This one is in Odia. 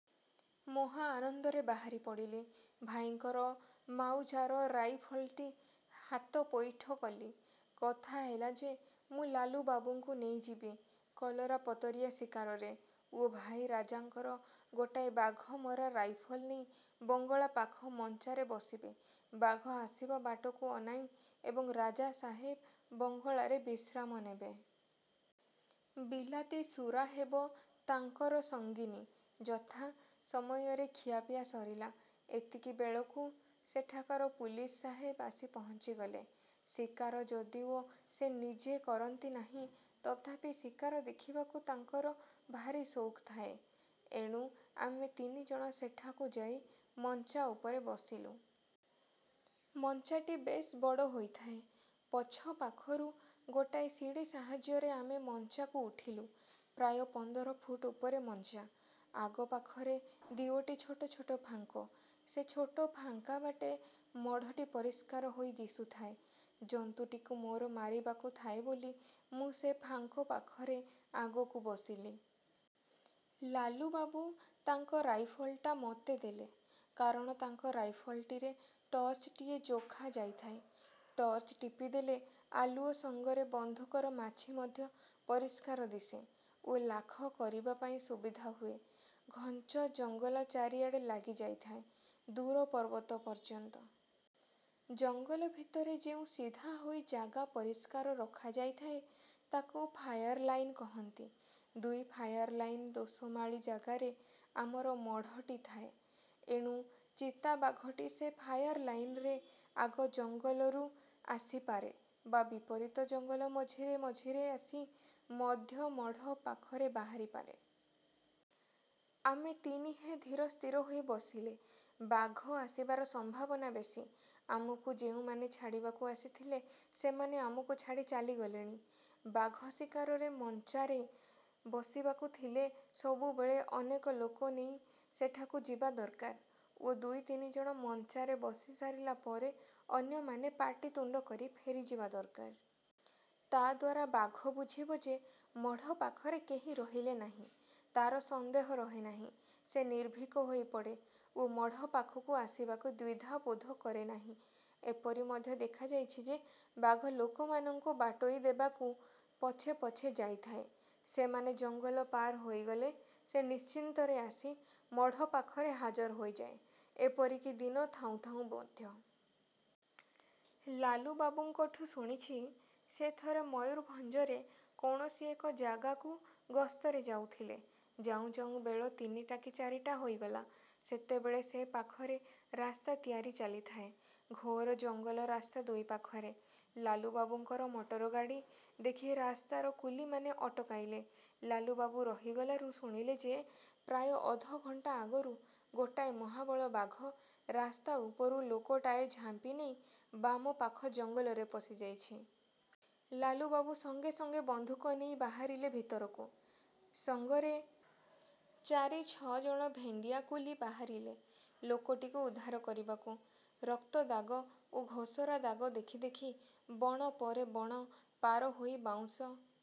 ମହା ଆନନ୍ଦରେ ବାହାରିପଡ଼ିଲି। ଭାଇଙ୍କର. 'ମାଉଯାର' ରାଇଫଲଟି ହାତପଇଠ କଲି। କଥା ହେଲା ଯେ ମୁଁ ଲାଲୁବାବୁଙ୍କୁ ନେଇ ଯିବି କଲରାପତରିଆ ଶିକାରରେ ଓ ଭାଇ ରାଜାଙ୍କର ଗୋଟାଏ ବାଘମରା ରାଇଫଲ ନେଇ ବଙ୍ଗଳା ପାଖ ମଞ୍ଚାରେ ବସିବେ ବାଘ ଆସିବା ବାଟକୁ ଅନାଇ–ଏବଂ ରାଜା ସାହେବ ବଙ୍ଗଳାରେ ବିଶ୍ରାମ ନେବେ। ବିଲାତି ସୁରା ହେବ ତାଙ୍କର ସଙ୍ଗିନୀ-। ଯଥା ସମୟରେ ଖିଆପିଆ ସରିଲା। ଏତିକି ବେଳକୁ ସେଠାକାର ପୁଲିସ ସାହେବ ଆସି ପହଞ୍ଚିଗଲେ। ଶିକାର ଯଦିଓ ସେ ନିଜେ କରନ୍ତି ନାହିଁ ତଥାପି ଶିକାର ଦେଖିବାକୁ ତାଙ୍କର ଭାରି ସଉକ ଥାଏ। ଏଣୁ ଆମେ ତିନିଜଣ ସେଠାକୁ ଯାଇ ମଞ୍ଚା ଉପରେ ବସିଲୁ। ମଞ୍ଚାଟି ବେଶ୍ ବଡ଼ ହୋଇଥାଏ। ପଛ ପାଖରୁ ଗୋଟାଏ ସିଡ଼ି ସାହାଯ୍ୟରେ ଆମେ ମଞ୍ଚାକୁ ଉଠିଲୁ। ପ୍ରାୟ ପନ୍ଦର ଫୁଟ ଉପରେ ମଞ୍ଚା। ଆଗ ପାଖରେ ଦିଓଟି ଛୋଟ ଛୋଟ ଫାଙ୍କ। ସେ ଛୋଟ ଫାଙ୍କାବାଟେ ମଢ଼ଟି ପରିଷ୍କାର ହୋଇ ଦିଶୁଥାଏ। ଜନ୍ତୁଟିକୁ ମୋର ମାରିବାକୁ ଥାଏ ବୋଲି ମୁଁ ସେ ଫାଙ୍କ ପାଖରେ ଆଗକୁ ବସିଲି। ଲାଲୁବାବୁ ତାଙ୍କ ରାଇଫଲଟା ମୋତେ ଦେଲେ, କାରଣ ତାଙ୍କ ରାଇଫଲଟିରେ ଟର୍ଚ୍ଚଟିଏ ଯୋଖା ଯାଇଥାଏ। ଟର୍ଚ୍ଚ ଟିପି ଦେଲେ ଆଲୁଅ ସଙ୍ଗରେ ବନ୍ଧୁକର ମାଛି ମଧ୍ୟ ପରିଷ୍କାର ଦିଶେ ଓ ଲାଖ କରିବାପାଇଁ ସୁବିଧା ହୁଏ। ଘଞ୍ଚ ଜଙ୍ଗଲ ଚାରିଆଡ଼େ ଲାଗିଯାଇଥାଏ ଦୂର ପର୍ବତ ପର୍ଯ୍ୟନ୍ତ। ଜଙ୍ଗଲ ଭିତରେ ଯେଉଁ ସିଧାହୋଇ ଜାଗା ପରିଷ୍କାର ରଖାଯାଇଥାଏ ତାକୁ 'ଫାୟାର ଲାଇନ' କହନ୍ତି। ଦୁଇ ଫାୟାର ଲାଇନ୍ର ଦୋସମାଳି ଜାଗାରେ ଆମର ମଢ଼ଟି ଥାଏ। ଏଣୁ ଚିତାବାଘଟି ସେ ''ଫାୟାର ଲାଇନ'' ରେ ଆଗ ଜଙ୍ଗଲରୁ ଆସିପାରେ ବା ବିପରୀତ ଜଙ୍ଗଲ ମଝିରେ ମଝିରେ ଆସି ମଧ୍ୟ ମଢ଼ ପାଖରେ ବାହାରିପାରେ। ଆମେ ତିନିହେ ଧୀର ସ୍ଥିର ହୋଇ ବସିଲେ, ବାଘ ଆସିବାର ସମ୍ଭାବନା ବେଶି। ଆମକୁ ଯେଉଁମାନେ ଛାଡ଼ିବାକୁ ଆସିଥିଲେ ସେମାନେ ଆମକୁ ଛାଡ଼ି ଚାଲିଗଲେଣି। ବାଘ ଶିକାରରେ ମଞ୍ଚାରେ ବସିବାକୁ ଥିଲେ ସବୁବେଳେ ଅନେକ ଲୋକ ନେଇ ସେଠାକୁ ଯିବା ଦରକାର ଓ ଦୁଇ ତିନିଜଣ ମଞ୍ଚାରେ ବସି ସାରିଲାପରେ ଅନ୍ୟମାନେ ପାଟିତୁଣ୍ଡ କରି ଫେରିଯିବା ଦରକାର। ତାଦ୍ୱାରା ବାଘ ବୁଝିବ ଯେ, ମଢ଼ ପାଖରେ କେହି ରହିଲେ ନାହିଁ। ତା'ର ସନ୍ଦେହ ରହେନାହିଁ। ସେ ନିର୍ଭୀକ ହୋଇପଡ଼େ ଓ ମଢ଼ ପାଖକୁ ଆସିବାକୁ ଦ୍ୱିଧାବୋଧ କରେନାହିଁ। ଏପରି ମଧ୍ୟ ଦେଖାଯାଇଛି ଯେ, ବାଘ ଲୋକମାନଙ୍କୁ ବାଟୋଇଦେବାକୁ ପଛେ ପଛେ ଯାଇଥାଏ। ସେମାନେ ଜଙ୍ଗଲ ପାର ହୋଇଗଲେ ସେ ନିଶ୍ଚିନ୍ତରେ ଆସି ମଢ଼ ପାଖରେ ହାଜର ହୋଇଯାଏ; ଏପରିକି ଦିନ ଥାଉଁ ଥାଉଁ ମଧ୍ୟ। ଲାଲୁବାବୁଙ୍କଠୁ ଶୁଣିଛି, ସେ ଥରେ ମୟୂରଭଞ୍ଜରେ କୌଣସି ଏକ ଜାଗାକୁ ଗସ୍ତରେ ଯାଉଥିଲେ। ଯାଉଁ ଯାଉଁ ବେଳ ତିନିଟା କି ଚାରିଟା ହୋଇଗଲା। ସେତେବେଳେ ସେପାଖରେ ରାସ୍ତା ତିଆରି ଚାଲିଥାଏ। ଘୋର ଜଙ୍ଗଲ ରାସ୍ତା ଦୁଇପାଖରେ। ଲାଲୁବାବୁଙ୍କର ମଟରଗାଡ଼ି ଦେଖି ରାସ୍ତାର କୁଲିମାନେ ଅଟକାଇଲେ। ଲାଲୁବାବୁ ରହିଗଲାରୁ ଶୁଣିଲେ ଯେ, ପ୍ରାୟ ଅଧଘଣ୍ଟା ଆଗରୁ ଗୋଟାଏ ମହାବଳ ବାଘ ରାସ୍ତାଉପରୁ ଲୋକଟାଏ ଝାମ୍ପିନେଇ ବାମ ପାଖ ଜଙ୍ଗଲରେ ପଶିଯାଇଛି-। ଲାଲୁବାବୁ ସଙ୍ଗେ ସଙ୍ଗେ ବନ୍ଧୁକ ନେଇ ବାହାରିଲେ ଭିତରକୁ। ସଙ୍ଗରେ ଚାରି ଛଅଜଣ ଭେଣ୍ଡିଆ କୁଲି ବାହାରିଲେ ଲୋକଟିକୁ ଉଦ୍ଧାର କରିବାକୁ। ରକ୍ତଦାଗ ଓ ଘୋଷରା ଦାଗ ଦେଖି ଦେଖି ବଣ ପରେ ବଣ ପାରହୋଇ ବାଉଁଶ